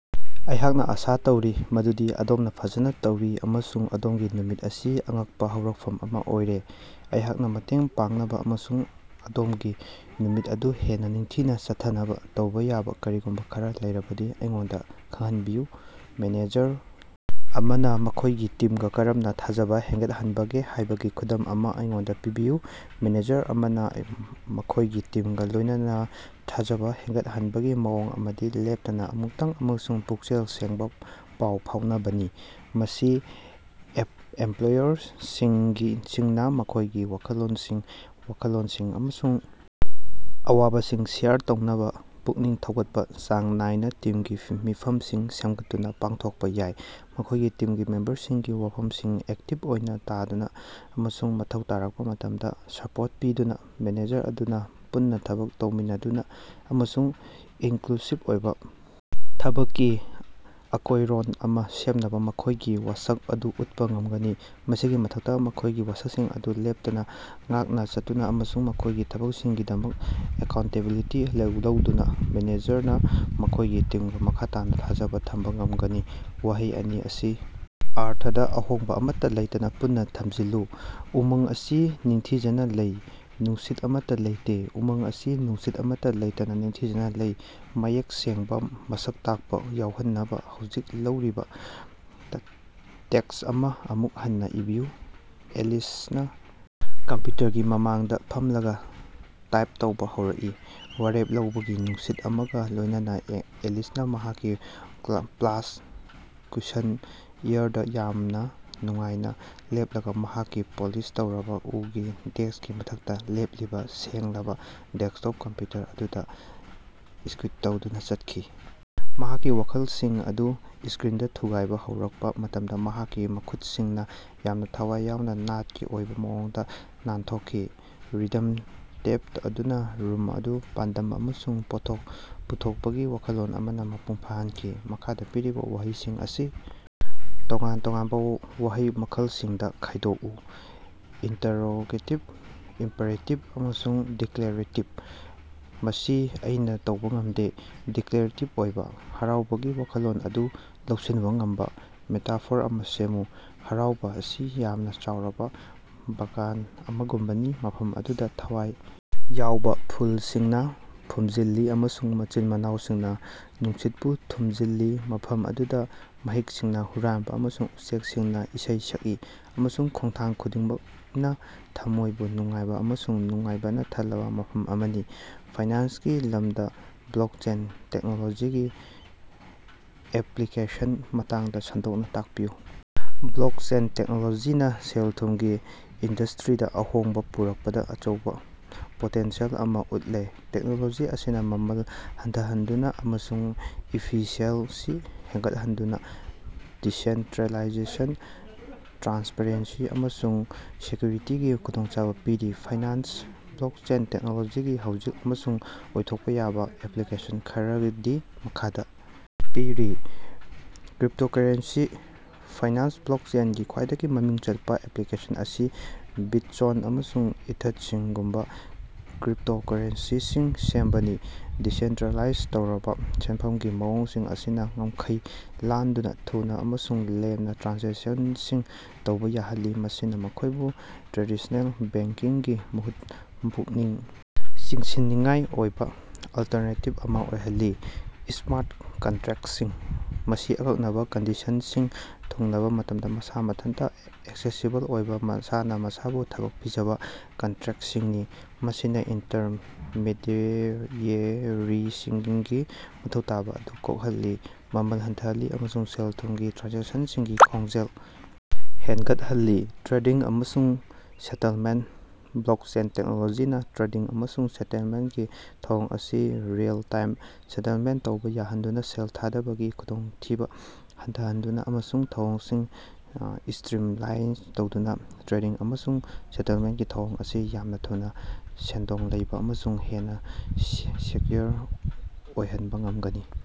ꯑꯩꯍꯥꯛꯅ ꯑꯥꯁꯥ ꯇꯧꯔꯤ ꯃꯗꯨꯗꯤ ꯑꯗꯣꯝꯅ ꯐꯖꯅ ꯇꯧꯔꯤ ꯑꯃꯁꯨꯡ ꯑꯗꯣꯝꯒꯤ ꯅꯨꯃꯤꯠ ꯑꯁꯤ ꯑꯉꯛꯄ ꯍꯧꯔꯛꯐꯝ ꯑꯃ ꯑꯣꯏꯔꯦ꯫ ꯑꯩꯍꯥꯛꯅ ꯃꯇꯦꯡ ꯄꯥꯡꯅꯕ ꯑꯃꯁꯨꯡ ꯑꯗꯣꯝꯒꯤ ꯅꯨꯃꯤꯠ ꯑꯗꯨ ꯍꯦꯟꯅ ꯅꯤꯡꯊꯤꯅ ꯆꯠꯊꯅꯕ ꯇꯧꯕ ꯌꯥꯕ ꯀꯔꯤꯒꯨꯝꯕ ꯈꯔ ꯂꯩꯔꯕꯗꯤ ꯑꯩꯉꯣꯟꯗ ꯈꯪꯍꯟꯕꯤꯌꯨ꯫ ꯃꯦꯅꯦꯖꯔ ꯑꯃꯅ ꯃꯈꯣꯏꯒꯤ ꯇꯤꯝꯒ ꯀꯔꯝꯅ ꯊꯥꯖꯕ ꯍꯦꯟꯒꯠꯍꯟꯕꯒꯦ ꯍꯥꯏꯕꯒꯤ ꯈꯨꯗꯝ ꯑꯃ ꯑꯩꯉꯣꯟꯗ ꯄꯤꯕꯤꯌꯨ꯫ ꯃꯦꯅꯦꯖꯔ ꯑꯃꯅ ꯃꯈꯣꯏꯒꯤ ꯇꯤꯝꯒ ꯂꯣꯏꯅꯅ ꯊꯥꯖꯕ ꯍꯦꯟꯒꯠꯍꯟꯕꯒꯤ ꯃꯑꯣꯡ ꯑꯃꯗꯤ ꯂꯦꯞꯇꯅ ꯑꯃꯨꯛꯇꯪ ꯑꯃꯁꯨꯡ ꯄꯨꯛꯆꯦꯜ ꯁꯦꯡꯕ ꯄꯥꯎ ꯐꯥꯎꯅꯕꯅꯤ꯫ ꯃꯁꯤ ꯑꯦꯝꯄ꯭ꯂꯣꯌꯔꯁꯤꯡꯅ ꯃꯈꯣꯏꯒꯤ ꯋꯥꯈꯜꯂꯣꯟꯁꯤꯡ, ꯋꯥꯈꯜꯂꯣꯟꯁꯤꯡ ꯑꯃꯁꯨꯡ ꯑꯋꯥꯕꯁꯤꯡ ꯁꯦꯌꯔ ꯇꯧꯅꯕ ꯄꯨꯛꯅꯤꯡ ꯊꯧꯒꯠꯄ ꯆꯥꯡ ꯅꯥꯏꯅ ꯇꯤꯝꯒꯤ ꯃꯤꯐꯝꯁꯤꯡ ꯁꯦꯝꯒꯠꯇꯨꯅ ꯄꯥꯡꯊꯣꯛꯄ ꯌꯥꯏ꯫ ꯃꯈꯣꯏꯒꯤ ꯇꯤꯝꯒꯤ ꯃꯦꯝꯕꯔꯁꯤꯡꯒꯤ ꯋꯥꯐꯝꯁꯤꯡ ꯑꯦꯛꯇꯤꯚ ꯑꯣꯏꯅ ꯇꯥꯗꯨꯅ ꯑꯃꯁꯨꯡ ꯃꯊꯧ ꯇꯥꯔꯛꯄ ꯃꯇꯝꯗ ꯁꯄꯣꯔꯠ ꯄꯤꯗꯨꯅ, ꯃꯦꯅꯦꯖꯔ ꯑꯗꯨꯅ ꯄꯨꯟꯅ ꯊꯕꯛ ꯇꯧꯃꯤꯟꯅꯗꯨꯅ ꯑꯃꯁꯨꯡ ꯏꯟꯀ꯭ꯂꯨꯁꯤꯚ ꯑꯣꯏꯕ ꯊꯕꯛꯀꯤ ꯑꯀꯣꯏꯔꯣꯟ ꯑꯃ ꯁꯦꯝꯅꯕ ꯃꯈꯣꯏꯒꯤ ꯋꯥꯁꯛ ꯑꯗꯨ ꯎꯠꯄ ꯉꯝꯒꯅꯤ꯫ ꯃꯁꯤꯒꯤ ꯃꯊꯛꯇ, ꯃꯈꯣꯏꯒꯤ ꯋꯥꯁꯛꯁꯤꯡ ꯑꯗꯨ ꯂꯦꯞꯇꯅ ꯉꯥꯛꯅ ꯆꯠꯇꯨꯅ ꯑꯃꯁꯨꯡ ꯃꯈꯣꯏꯒꯤ ꯊꯕꯛꯁꯤꯡꯒꯤꯗꯃꯛ ꯑꯦꯀꯥꯎꯟꯇꯦꯕꯤꯂꯤꯇꯤ ꯂꯧꯗꯨꯅ, ꯃꯦꯅꯦꯖꯔꯅ ꯃꯈꯣꯏꯒꯤ ꯇꯤꯝꯒ ꯃꯈꯥ ꯇꯥꯅ ꯊꯥꯖꯕ ꯊꯝꯕ ꯉꯝꯒꯅꯤ꯫ ꯋꯥꯍꯩ ꯑꯅꯤ ꯑꯁꯤ ꯑꯔꯊꯗ ꯑꯍꯣꯡꯕ ꯑꯃꯠꯇ ꯂꯩꯇꯅ ꯄꯨꯟꯅ ꯊꯝꯖꯤꯜꯂꯨ꯫ ꯎꯃꯪ ꯑꯁꯤ ꯅꯤꯡꯊꯤꯖꯅ ꯂꯩ꯫ ꯅꯨꯡꯁꯤꯠ ꯑꯃꯠꯇ ꯂꯩꯇꯦ꯫ ꯎꯃꯪ ꯑꯁꯤ ꯅꯨꯡꯁꯤꯠ ꯑꯃꯠꯇ ꯂꯩꯇꯅ ꯅꯤꯡꯊꯤꯖꯅ ꯂꯩ꯫ ꯃꯌꯦꯛ ꯁꯦꯡꯕ ꯃꯁꯛ ꯇꯥꯛꯄ ꯌꯥꯎꯍꯟꯅꯕ ꯍꯧꯖꯤꯛ ꯂꯩꯔꯤꯕ ꯇꯦꯛꯁ ꯑꯃ ꯑꯃꯨꯛ ꯍꯟꯅ ꯏꯕꯤꯌꯨ꯫ ꯑꯦꯂꯤꯁꯅ ꯀꯝꯄ꯭ꯌꯨꯇꯔꯒꯤ ꯃꯃꯥꯡꯗ ꯐꯝꯂꯒ ꯇꯥꯏꯞ ꯇꯧꯕ ꯍꯧꯔꯛꯏ꯫ ꯋꯥꯔꯦꯞ ꯂꯧꯕꯒꯤ ꯅꯨꯡꯁꯤꯠ ꯑꯃꯒ ꯂꯣꯏꯅꯅ ꯑꯦꯂꯤꯁꯅ ꯃꯍꯥꯛꯀꯤ ꯄ꯭ꯂꯥꯁ, ꯀꯨꯁꯟ ꯆꯦꯌꯔꯗ ꯌꯥꯝꯅ ꯅꯨꯡꯉꯥꯏꯅ ꯂꯦꯞꯂꯒ ꯃꯍꯥꯛꯀꯤ ꯄꯣꯂꯤꯁ ꯇꯧꯔꯕ ꯎꯒꯤ ꯗꯦꯛꯁꯀꯤ ꯃꯊꯛꯇ ꯂꯦꯞꯂꯤꯕ ꯁꯦꯡꯂꯕ ꯗꯦꯛꯁꯇꯣꯞ ꯀꯝꯄ꯭ꯌꯨꯇꯔ ꯑꯗꯨꯗ ꯁ꯭ꯀꯨꯠ ꯇꯧꯗꯨꯅ ꯆꯠꯈꯤ꯫ ꯃꯍꯥꯛꯀꯤ ꯋꯥꯈꯜꯁꯤꯡ ꯑꯗꯨ ꯁ꯭ꯀꯔꯤꯟꯗ ꯊꯨꯒꯥꯏꯕ ꯍꯧꯔꯛꯄ ꯃꯇꯝꯗ ꯃꯍꯥꯛꯀꯤ ꯃꯈꯨꯠꯁꯤꯡꯅ ꯌꯥꯝꯅ ꯊꯋꯥꯏ ꯌꯥꯎꯅ ꯅꯥꯠꯀꯤ ꯑꯣꯏꯕ ꯃꯑꯣꯡꯗ ꯅꯥꯟꯊꯣꯛꯈꯤ, ꯔꯤꯗꯝ ꯇꯦꯞ ꯑꯗꯨꯅ ꯔꯨꯝ ꯑꯗꯨ ꯄꯥꯟꯗꯝ ꯑꯃꯁꯨꯡ ꯄꯣꯠꯊꯣꯛ ꯄꯨꯊꯣꯛꯄꯒꯤ ꯋꯥꯈꯜꯂꯣꯟ ꯑꯃꯅ ꯃꯄꯨꯡ ꯐꯥꯍꯟꯈꯤ꯫ ꯃꯈꯥꯗ ꯄꯤꯔꯤꯕ ꯋꯥꯍꯩꯁꯤꯡ ꯑꯁꯤ ꯇꯣꯉꯥꯟ ꯇꯣꯉꯥꯟꯕ ꯋꯥꯍꯩ ꯃꯈꯜꯁꯤꯡꯗ ꯈꯥꯏꯗꯣꯛꯎ – ꯏꯟꯇꯔꯔꯣꯒꯦꯇꯤꯕ, ꯏꯝꯄꯦꯔꯦꯇꯤꯕ, ꯑꯃꯁꯨꯡ ꯗꯤꯀ꯭ꯂꯔꯦꯇꯤꯕ꯫ ꯃꯁꯤ ꯑꯩꯅ ꯇꯧꯕ ꯉꯝꯗꯦ꯫ ꯗꯤꯀ꯭ꯂꯔꯦꯇꯤꯕ ꯑꯣꯏꯕ꯫ ꯍꯔꯥꯎꯕꯒꯤ ꯋꯥꯈꯜꯂꯣꯟ ꯑꯗꯨ ꯂꯧꯁꯤꯟꯕ ꯉꯝꯕ ꯃꯦꯇꯥꯐꯣꯔ ꯑꯃ ꯁꯦꯝꯃꯨ꯫ ꯍꯔꯥꯎꯕ ꯑꯁꯤ ꯌꯥꯝꯅ ꯆꯥꯎꯔꯕ ꯕꯒꯥꯟ ꯑꯃꯒꯨꯝꯕꯅꯤ, ꯃꯐꯝ ꯑꯗꯨꯗ ꯊꯋꯥꯏ ꯌꯥꯎꯕ ꯐꯨꯜꯁꯤꯡꯅ ꯐꯨꯝꯖꯤꯜꯂꯤ ꯑꯃꯁꯨꯡ ꯃꯆꯤꯟ-ꯃꯅꯥꯎꯁꯤꯡꯅ ꯅꯨꯡꯁꯤꯠꯄꯨ ꯊꯨꯝꯖꯤꯜꯂꯤ, ꯃꯐꯝ ꯑꯗꯨꯗ ꯃꯍꯤꯛꯁꯤꯡꯅ ꯍꯨꯔꯥꯟꯕ ꯑꯃꯁꯨꯡ ꯎꯆꯦꯛꯁꯤꯡꯅ ꯏꯁꯩ ꯁꯛꯏ, ꯑꯃꯁꯨꯡ ꯈꯣꯡꯊꯥꯡ ꯈꯨꯗꯤꯡꯃꯛꯅ ꯊꯝꯃꯣꯏꯕꯨ ꯅꯨꯡꯉꯥꯏꯕ ꯑꯃꯁꯨꯡ ꯅꯨꯡꯉꯥꯏꯕꯅ ꯊꯜꯂꯕ ꯃꯐꯝ ꯑꯃꯅꯤ꯫ ꯐꯥꯏꯅꯥꯟꯁꯀꯤ ꯂꯝꯗ ꯕ꯭ꯂꯣꯛꯆꯦꯟ ꯇꯦꯛꯅꯣꯂꯣꯖꯤꯒꯤ ꯑꯦꯄ꯭ꯂꯤꯀꯦꯁꯟꯒꯤ ꯃꯇꯥꯡꯗ ꯁꯟꯗꯣꯛꯅ ꯇꯥꯛꯄꯤꯌꯨ꯫ ꯕ꯭ꯂꯣꯛꯆꯦꯟ ꯇꯦꯛꯅꯣꯂꯣꯖꯤꯅ ꯁꯦꯜ-ꯊꯨꯝꯒꯤ ꯏꯟꯗꯁꯇ꯭ꯔꯤꯗ ꯑꯍꯣꯡꯕ ꯄꯨꯔꯛꯄꯗ ꯑꯆꯧꯕ ꯄꯣꯇꯦꯟꯁꯤꯌꯦꯜ ꯑꯃ ꯎꯠꯂꯦ꯫ ꯇꯦꯛꯅꯣꯂꯣꯖꯤ ꯑꯁꯤꯅ ꯃꯃꯜ ꯍꯟꯊꯍꯟꯗꯨꯅ ꯑꯃꯁꯨꯡ ꯏꯐꯤꯁꯤꯑꯦꯟꯁꯤ ꯍꯦꯟꯒꯠꯍꯟꯗꯨꯅ ꯗꯤꯁꯦꯟꯇ꯭ꯔꯦꯂꯥꯏꯖꯦꯁꯟ, ꯇ꯭ꯔꯥꯟꯁꯄꯔꯦꯟꯁꯤ, ꯑꯃꯁꯨꯡ ꯁꯦꯀ꯭ꯌꯨꯔꯤꯇꯤꯒꯤ ꯈꯨꯗꯣꯡꯆꯥꯕ ꯄꯤꯔꯤ꯫ ꯐꯥꯏꯅꯥꯟꯁꯇ ꯕ꯭ꯂꯣꯀꯆꯦꯟ ꯇꯦꯛꯅꯣꯂꯣꯖꯤꯒꯤ ꯍꯧꯖꯤꯛ ꯑꯃꯁꯨꯡ ꯑꯣꯏꯊꯣꯛꯄ ꯌꯥꯕ ꯑꯦꯄ꯭ꯂꯤꯀꯦꯁꯟ ꯈꯔꯗꯤ ꯃꯈꯥꯗ ꯄꯤꯔꯤ꯫ ꯀ꯭ꯔꯤꯞꯇꯣꯀꯔꯦꯟꯁꯤ: ꯐꯥꯏꯅꯥꯟꯁꯇ ꯕ꯭ꯂꯣꯛꯆꯦꯟꯒꯤ ꯈ꯭ꯋꯥꯏꯗꯒꯤ ꯃꯃꯤꯡ ꯆꯠꯄ ꯑꯦꯄ꯭ꯂꯤꯀꯦꯁꯟ ꯑꯁꯤ ꯕꯤꯠꯆꯣꯟ ꯑꯃꯁꯨꯡ ꯏꯊꯠꯁꯤꯡꯒꯨꯝꯕ ꯀ꯭ꯔꯤꯞꯇꯣꯀꯔꯦꯟꯁꯤꯁꯤꯡ ꯁꯦꯝꯕꯅꯤ꯫ ꯗꯤꯁꯦꯟꯇ꯭ꯔꯦꯂꯥꯏꯖ ꯇꯧꯔꯕ ꯁꯦꯟꯐꯝꯒꯤ ꯃꯑꯣꯡꯁꯤꯡ ꯑꯁꯤꯅ ꯉꯝꯈꯩ ꯂꯥꯟꯗꯨꯅ ꯊꯨꯅ ꯑꯃꯁꯨꯡ ꯂꯦꯝꯅ ꯇ꯭ꯔꯥꯟꯖꯦꯛꯁꯟꯁꯤꯡ ꯇꯧꯕ ꯌꯥꯍꯜꯂꯤ, ꯃꯁꯤꯅ ꯃꯈꯣꯏꯕꯨ ꯇ꯭ꯔꯦꯗꯤꯁꯅꯦꯜ ꯕꯦꯡꯀꯤꯡꯒꯤ ꯃꯍꯨꯠꯇ ꯄꯨꯛꯅꯤꯡ ꯆꯤꯡꯁꯤꯟꯅꯤꯡꯉꯥꯏ ꯑꯣꯏꯕ ꯑꯜꯇꯔꯅꯦꯇꯤꯕ ꯑꯃ ꯑꯣꯏꯍꯜꯂꯤ꯫ ꯁ꯭ꯃꯥꯔꯠ ꯀꯟꯇ꯭ꯔꯦꯛꯁꯤꯡ: ꯃꯁꯤ ꯑꯀꯛꯅꯕ ꯀꯟꯗꯤꯁꯟꯁꯤꯡ ꯊꯨꯡꯂꯕ ꯃꯇꯝꯗ ꯃꯁꯥ ꯃꯊꯟꯇ ꯑꯦꯛꯁꯦꯁꯤꯕꯜ ꯑꯣꯏꯕ ꯃꯁꯥꯅ ꯃꯁꯥꯕꯨ ꯊꯕꯛ ꯄꯤꯖꯕ ꯀꯟꯇ꯭ꯔꯦꯛꯁꯤꯡꯅꯤ꯫ ꯃꯁꯤꯅ ꯏꯟꯇꯔꯃꯦꯗꯤꯑꯦꯔꯤꯁꯤꯡꯒꯤ ꯃꯊꯧ ꯇꯥꯕ ꯑꯗꯨ ꯀꯣꯛꯍꯜꯂꯤ, ꯃꯃꯜ ꯍꯟꯊꯍꯜꯂꯤ ꯑꯃꯁꯨꯡ ꯁꯦꯜ-ꯊꯨꯝꯒꯤ ꯇ꯭ꯔꯥꯟꯖꯦꯛꯁꯟꯁꯤꯡꯒꯤ ꯈꯣꯡꯖꯦꯜ ꯍꯦꯟꯒꯠꯍꯜꯂꯤ꯫ ꯇ꯭ꯔꯦꯗꯤꯡ ꯑꯃꯁꯨꯡ ꯁꯦꯇꯜꯃꯦꯟꯠ: ꯕ꯭ꯂꯣꯛꯆꯦꯟ ꯇꯦꯛꯅꯣꯂꯣꯖꯤꯅ ꯇ꯭ꯔꯦꯗꯤꯡ ꯑꯃꯁꯨꯡ ꯁꯦꯇꯜꯃꯦꯟꯠꯀꯤ ꯊꯧꯑꯣꯡ ꯑꯁꯤ ꯔꯤꯑꯦꯜ-ꯇꯥꯏꯝ ꯁꯦꯇꯜꯃꯦꯟꯠ ꯇꯧꯕ ꯌꯥꯍꯟꯗꯨꯅ, ꯁꯦꯜ ꯊꯥꯗꯕꯒꯤ ꯈꯨꯗꯣꯡꯊꯤꯕ ꯍꯟꯊꯍꯟꯗꯨꯅ ꯑꯃꯁꯨꯡ ꯊꯧꯑꯣꯡꯁꯤꯡ ꯁ꯭ꯇꯔꯤꯝꯂꯥꯏꯟ ꯇꯧꯗꯨꯅ ꯇ꯭ꯔꯦꯗꯤꯡ ꯑꯃꯁꯨꯡ ꯁꯦꯇꯜꯃꯦꯟꯠꯀꯤ ꯊꯧꯑꯣꯡ ꯑꯁꯤ ꯌꯥꯝꯅ ꯊꯨꯅ, ꯁꯦꯟꯗꯣꯡ ꯂꯩꯕ ꯑꯃꯁꯨꯡ ꯍꯦꯟꯅ ꯁꯦꯛꯌꯨꯔ ꯑꯣꯏꯍꯟꯕ ꯉꯝꯒꯅꯤ꯫